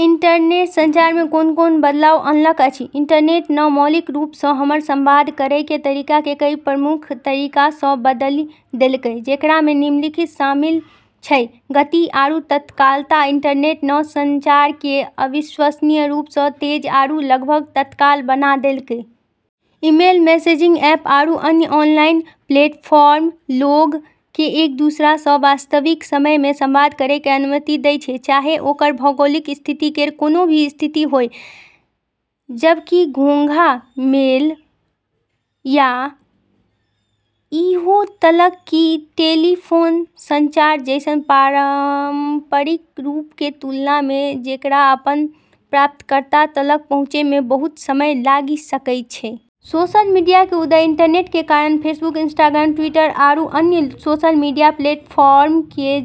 Internet संचार मे कोन-कोन बदलाव अनलक अछि? इंटरनेट न मौलिक रूप सं हमर संवाद करै के तरीका के कई प्रमुख तरीका सं बदली देलकै, जेकरा मे निम्नलिखित शामिल छै: गति आरू तत्कालता: इंटरनेट न संचार के अविश्वसनीय रूप सं तेज आरू लगभग तत्काल बना देलकै। ईमेल, मैसेजिंग ऐप आरू अन्य ऑनलाइन प्लेटफॉर्म लोग के एक-दूसरा सं वास्तविक समय मे संवाद करै के अनुमति दै छै, चाहे ओकर भौगोलिक स्थिति केर कोनो भी स्थिति होय, जबकि घोंघा मेल या ईहो तलक कि टेलीफोन संचार जैसन पारंपरिक रूप के तुलना मे जेकरा अपन प्राप्तकर्ता तलक पहुँचै मे बहुत समय लागि सकै छै। सोशल मीडिया के उदय: इंटरनेट के कारण फेसबुक, इंस्टाग्राम, ट्विटर, आरू अन्य सोशल मीडिया प्लेटफॉर्म के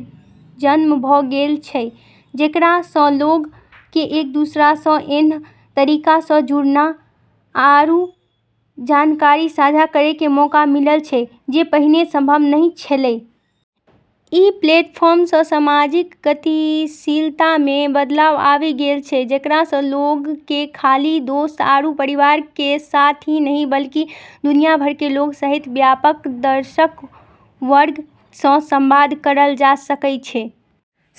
जन्म भ गेल छै, जेकरा सं लोग के एक-दूसरा सं ऐन्ह तरीका सं जुड़ना आरू जानकारी साझा करै के मौका मिलल छै जे पहिने संभव नहि छेलै। ई प्लेटफॉर्म सं सामाजिक गतिशीलता मे बदलाव आबि गेल छै, जेकरा सं लोग के खाली दोस्त आरू परिवार के साथ ही नहि, बल्कि दुनिया भर के लोग सहित व्यापक दर्शक वर्ग सं संवाद करल जा सकै छै।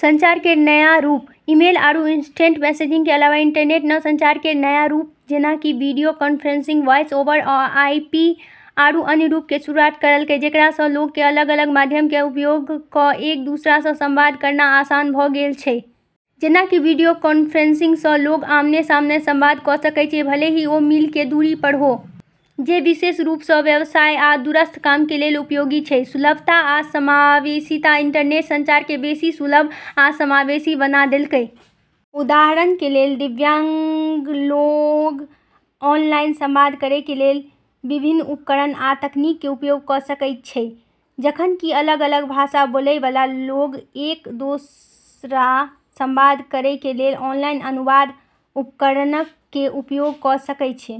संचार केर नया रूप: ईमेल आरू इंस्टेंट मैसेजिंग के अलावा इंटरनेट न संचार केर नया रूप जेना कि video conferencing, voice over IP, आरू अन्य रूप के शुरूआत करलकै जेकरा सं लोग के अलग-अलग माध्यम के उपयोग क एक-दूसरा सं संवाद करना आसान भ गेल छै। जेना कि वीडियो कॉन्फ्रेंसिंग सं लोग आमने-सामने संवाद क सकै छै, भले ही ओ मील के दूरी पर हो, जे विशेष रूप सं व्यवसाय आ दूरस्थ काम के लेल उपयोगी छै। सुलभता आ समावेशीता: इंटरनेट संचार के बेसी सुलभ आ समावेशी बना देलकै। उदाहरण के लेल दिव्यांग लोग ऑनलाइन संवाद करै के लेल विभिन्न उपकरण आ तकनीक के उपयोग क सकै छै, जखन कि अलग-अलग भाषा बोलय वाला लोग एक दोसरा संवाद करै के लेल ऑनलाइन अनुवाद उपकरणक के उपयोग क सकै छै।